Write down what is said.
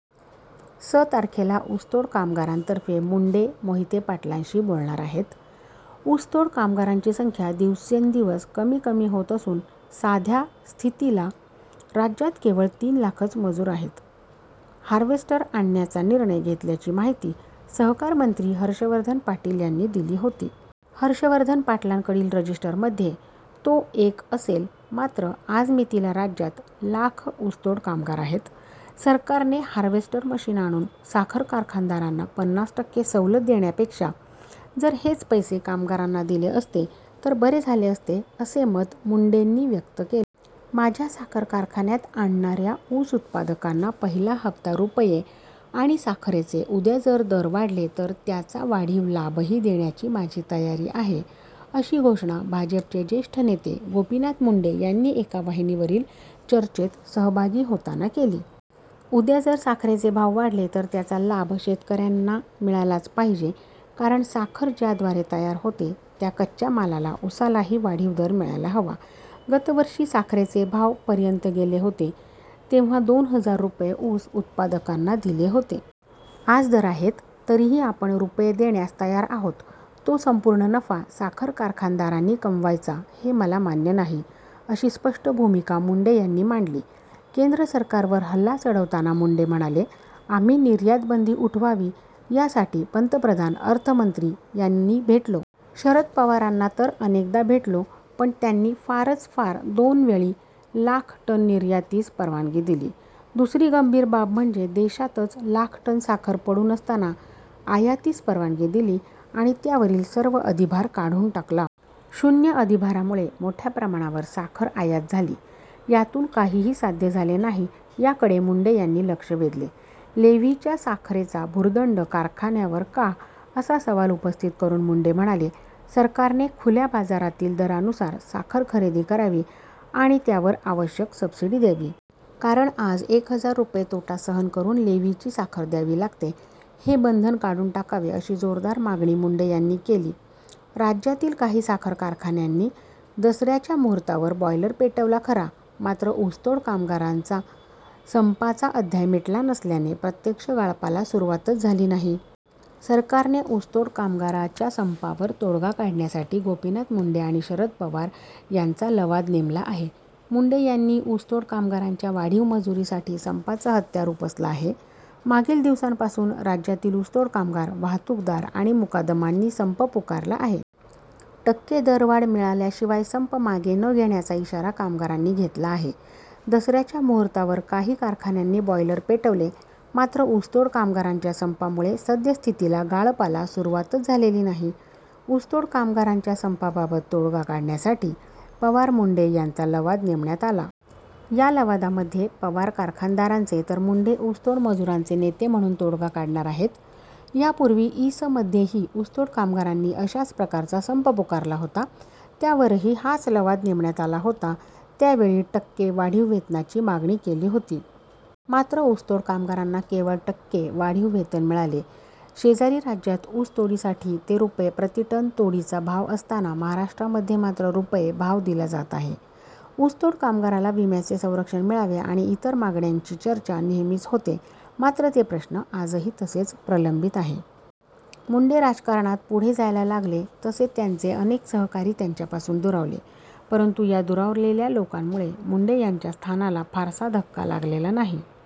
स. तारखेला ऊसतोड कामगारांतर्फे मुंडे मोहिते-पाटलांशी बोलणार आहेत. ऊसतोड कामगाराची संख्या दिवसेन्दिवस कमी कमी होत असून साध्या स्थितीला राज्यात केवळ तीन लाखच मजूर आहेत. हार्वेस्टर आणण्याचा निर्णय घेतल्याची माहिती सहकार मंत्री हर्षवर्धन पाटील यांनी दिली होती. हर्षवर्धन पाटलांकडील रजिस्टरमध्ये तो एक असेल मात्र आज मितीला राज्यात लाख ऊसतोड कामगार आहेत. सरकारने हार्वेस्टर मशीन आणून साखर कारखानदारांना पन्नास टक्के सवलत देण्यापेक्षा जर हेच पैसे कामगारांना दिले असते, तर बरे झाले असते असे मत मुंडेंनी व्यक्त केले. माझ्या साखर कारखान्यात आणणाऱ्या ऊस उत्पादकांना पहिला हप्ता रुपये आणि साखरेचे उद्या जर दर वाढले तर त्याचा वाढीव लाभही देण्याची माझी तयारी आहे अशी घोषणा भाजपचे ज्येष्ठ नेते गोपीनाथ मुंडे यांनी एका वाहिनीवरील चर्चेत सहभागी होताना केली. उद्या जर साखरेचे भाव वाढले तर त्याचा लाभ शेतकऱ्यांना मिळालाच पाहिजे कारण साखर ज्याद्वारे तयार होते, त्या कच्च्या मालाला-उसालाही वाढीव दर मिळायला हवा. गतवर्षी साखरेचे भाव पर्यंत गेले होते. तेव्हा दोन हजार रुपये ऊस उत्पादकांना दिले होते. आज दर आहेत. तरीही आपण रुपये देण्यास तयार आहोत. तो सम्पूर्ण नफा साखर कारखानदारांनी कमवायचा हे मला मान्य नाही अशी स्पष्ट भूमिका मुंडे यांनी मांडली. केंद्र सरकारवर हल्ला चढविताना मुंडे म्हणाले, आम्ही निर्यातबंदी उठवावी यासाठी पन्तप्रधान, अर्थमंत्री यांनी भेटलो. शरद पवारांना तर अनेकदा भेटलो. पण, त्यांनी फारच फार दोनवेळी - लाख टन निर्यातीस परवानगी दिली. दुसरी गंभीर बाब म्हणजे देशातच लाख टन साखर पडून असताना आयातीस परवानगी दिली आणि त्यावरील सर्व अधिभार काढून टाकला. शून्य अधिभारामुळे मोठ्या प्रमाणावर साखर आयात झाली. यातून काहीही साध्य झाले नाही याकडे मुंडे यांनी लक्ष वेधले. लेव्हीच्या साखरेचा भुर्दण्ड कारखान्यावर का, असा सवाल उपस्थित करून मुंडे म्हणाले, सरकारने खुल्या बाजारातील दरानुसार साखर खरेदी करावी आणि त्यावर आवश्यक सबसिडी द्यावी. कारण आज एक हजार रुपये तोटा सहन करून लेव्हीची साखर द्यावी लागते. हे बंधन काढून टाकावे, अशी जोरदार मागणी मुंडे यांनी केली.। राज्यातील काही साखर कारखान्यांनी दसऱ्याच्या मुहूर्तावर बॉयलर पेटवला खरा मात्र ऊसतोड कामगाराचा सम्पाचा अध्याय मिटला नसल्याने प्रत्यक्ष गाळपाला सुरुवातच झाली नाही. सरकारने ऊसतोड कामगाराच्या संपावर तोडगा काढण्यासाठी गोपीनाथ मुंडे आणि शरद पवार यांचा लवाद नेमला आहे. मुंडे यांनी ऊसतोड कामगारांच्या वाढीव मजुरीसाठी सम्पाचं हत्यार उपसलं आहे. मागील दिवसांपासून राज्यातील ऊसतोड कामगार, वाहतूकदार आणि मुकादमांनी सम्प पुकारला आहे. टक्के दरवाढ मिळाल्याशिवाय सम्प मागे न घेण्याचा इशारा कामगारांनी घेतला आहे. दसऱ्याच्या मुहूर्तावर काही कारखान्यांनी बॉयलर पेटवले, मात्र ऊसतोड कामगारांच्या सम्पामुळे सद्यास्थितीला गाळपाला सुरुवातच झालेली नाही. ऊसतोड कामगारांच्या सम्पाबाबत तोडगा काढण्यासाठी पवार-मुंडे यांचा लवाद नेमण्यात आला. या लवादामध्ये पवार कारखानदारांचे तर मुंडे ऊसतोड मजुरांचे नेते म्हणून तोडगा काढणार आहेत. यापूर्वी इ. स. मध्येही ऊसतोड कामगारांनी अशाच प्रकारचा सम्प पुकारला होता. त्यावरही हाच लवाद नेमण्यात आला होता. त्यावेळी टक्के वाढीव वेतनाची मागणी केली होती. मात्र ऊसतोड कामगारांना केवळ टक्के वाढीव वेतन मिळाले. शेजारी राज्यात ऊसतोडीसाठी ते रुपये प्रतिटन तोडीचा भाव असताना महाराष्ट्रामध्ये मात्र रुपये भाव दिला जात आहे. ऊसतोड कामगाराला विम्याचे संरक्षण मिळावे आणि इतर मागण्यांची चर्चा नेहमीच होते मात्र ते प्रश्न आजही तसेच प्रलम्बित आहे. मुंडे राजकारणात पुढे जायला लागले तसे त्यांचे अनेक सहकारी त्यांच्यापासून दुरावले परंतु या दुरावलेल्या लोकांमुळे मुंडे यांच्या स्थानाला फारसा धक्का लागलेला नाही.